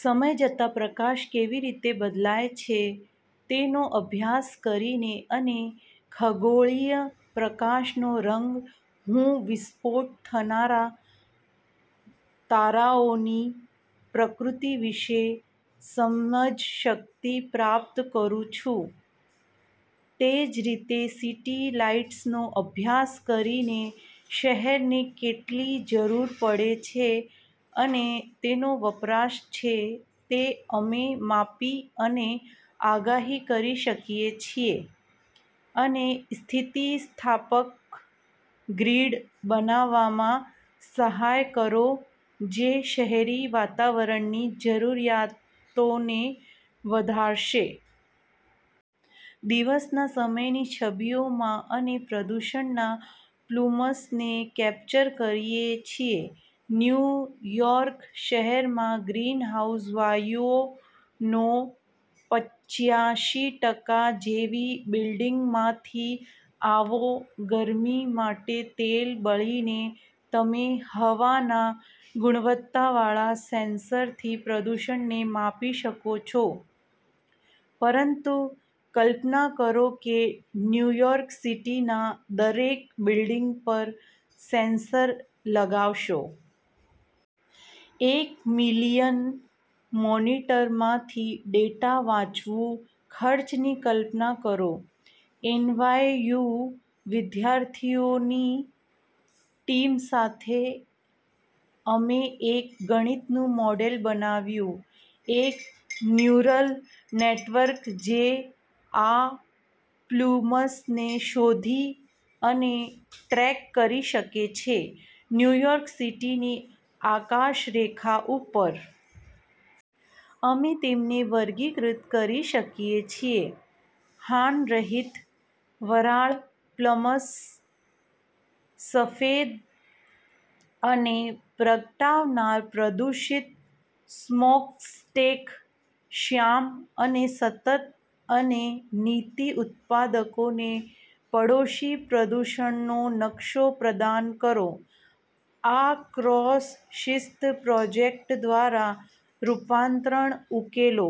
સમય જતાં પ્રકાશ કેવી રીતે બદલાય છે તેનો અભ્યાસ કરીને અને ખગોળીય પ્રકાશનો રંગ, હું વિસ્ફોટ થનારા તારાઓની પ્રકૃતિ વિશે સમજશક્તિ પ્રાપ્ત કરું છું. તે જ રીતે સિટી લાઇટ્સનો અભ્યાસ કરીને શહેરને કેટલી જરૂર પડે છે અને તેનો વપરાશ છે તે અમે માપી અને આગાહી કરી શકીએ છીએ અને સ્થિતિસ્થાપક ગ્રીડ બનાવવામાં સહાય કરો જે શહેરી વાતાવરણની જરૂરિયાતોને વધારશે. દિવસના સમયની છબીઓમાં અમે પ્રદૂષણના પ્લુમ્સને કેપ્ચર કરીએ છીએ. ન્યુ યોર્ક શહેરમાં ગ્રીનહાઉસ વાયુઓનો પંચ્યાશી ટકા જેવી બિલ્ડિંગમાંથી આવો ગરમી માટે તેલ બળીને. તમે હવાના ગુણવત્તાવાળા સેન્સરથી પ્રદૂષણને માપી શકો છો. પરંતુ કલ્પના કરો કે ન્યૂ યોર્ક સિટીના દરેક બિલ્ડિંગ પર સેન્સર લગાવશો. એક મિલિયન મોનિટરમાંથી ડેટા વાંચવું. ખર્ચની કલ્પના કરો. એનવાયયુ વિદ્યાર્થીઓની ટીમ સાથે અમે એક ગણિતનું મોડેલ બનાવ્યું. એક ન્યુરલ નેટવર્ક જે આ પ્લુમ્સને શોધી અને ટ્રેક કરી શકે છે ન્યૂ યોર્ક સિટીની આકાશરેખા ઉપર. અમે તેમને વર્ગીકૃત કરી શકીએ છીએ. હાનરહિત વરાળ પ્લમ્સ, સફેદ અને પ્રગટાવનાર; પ્રદૂષિત સ્મોકસ્ટેક, શ્યામ અને સતત અને નીતિ ઉત્પાદકોને પડોશી પ્રદૂષણનો નકશો પ્રદાન કરો. આ ક્રોસ-શિસ્ત પ્રોજેક્ટ દ્વારા રૂપાંતર ઉકેલો.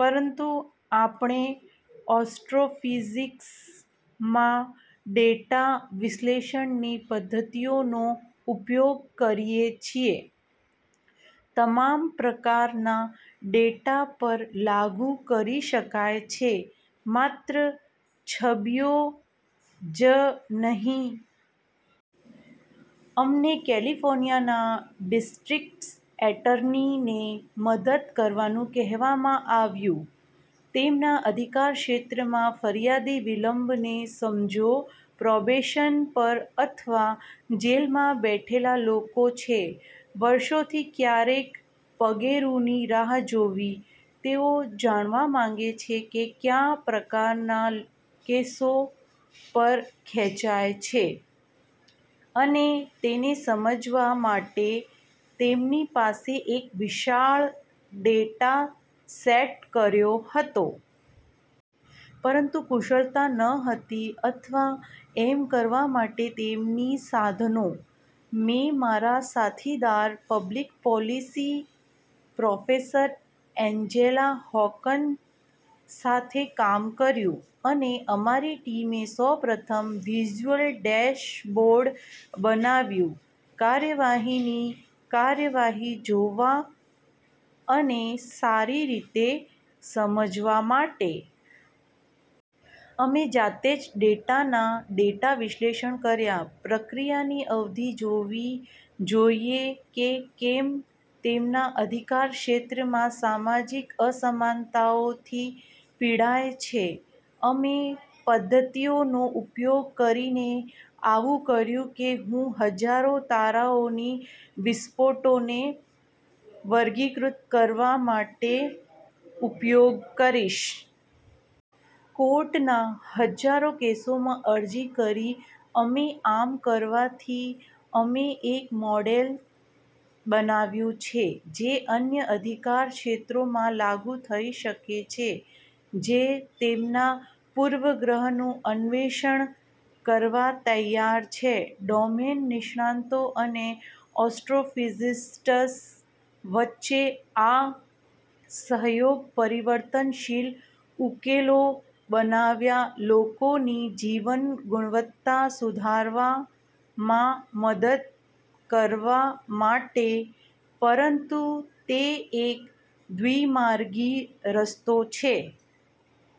પરંતુ આપણે એસ્ટ્રોફિઝિક્સમાં ડેટા વિશ્લેષણની પદ્ધતિઓનો ઉપયોગ કરીએ છીએ તમામ પ્રકારના ડેટા પર લાગુ કરી શકાય છે, માત્ર છબીઓ જ નહીં. અમને કેલિફોર્નિયાના ડિસ્ટ્રિક્ટ એટર્નીને મદદ કરવાનું કહેવામાં આવ્યું. તેમના અધિકારક્ષેત્રમાં ફરિયાદી વિલંબને સમજો. પ્રોબેશન પર અથવા જેલમાં બેઠેલા લોકો છે, વર્ષોથી ક્યારેક પગેરુંની રાહ જોવી. તેઓ જાણવા માગે છે કે કયા પ્રકારનાં કેસો પર ખેંચાય છે અને તેને સમજવા માટે તેમની પાસે એક વિશાળ ડેટા સેટ કર્યો હતો. પરંતુ કુશળતા ન હતી અથવા એમ કરવા માટે તેમની સાધનો. મેં મારા સાથીદાર public policy professor Angela Hawken સાથે કામ કર્યું, અને અમારી ટીમે સૌ પ્રથમ વિઝ્યુઅલ ડેશબોર્ડ બનાવ્યું કાર્યવાહીની કાર્યવાહી જોવા અને સારી રીતે સમજવા માટે. અમે જાતે જ તેમના ડેટા વિશ્લેષણ કર્યા. પ્રક્રિયાની અવધિ જોવી જોઈએ કે કેમ તેમના અધિકારક્ષેત્રમાં સામાજિક અસમાનતાઓથી પીડાય છે. અમે પદ્ધતિઓનો ઉપયોગ કરીને આવું કર્યું કે હું હજારો તારાઓની વિસ્ફોટોને વર્ગીકૃત કરવા માટે ઉપયોગ કરીશ. કોર્ટના હજારો કેસોમાં અરજી કરી અને આમ કરવાથી અમે એક મોડેલ બનાવ્યું છે જે અન્ય અધિકારક્ષેત્રોમાં લાગુ થઈ શકે છે જે તેમના પૂર્વગ્રહનું અન્વેષણ કરવા તૈયાર છે. ડોમેન નિષ્ણાતો અને એસ્ટ્રોફિઝિસ્ટ્સ વચ્ચે આ સહયોગ પરિવર્તનશીલ ઉકેલો બનાવ્યાં લોકોની જીવન ગુણવત્તા સુધારવામાં મદદ કરવા માટે. પરંતુ તે એક દ્વિમાર્ગી રસ્તો છે.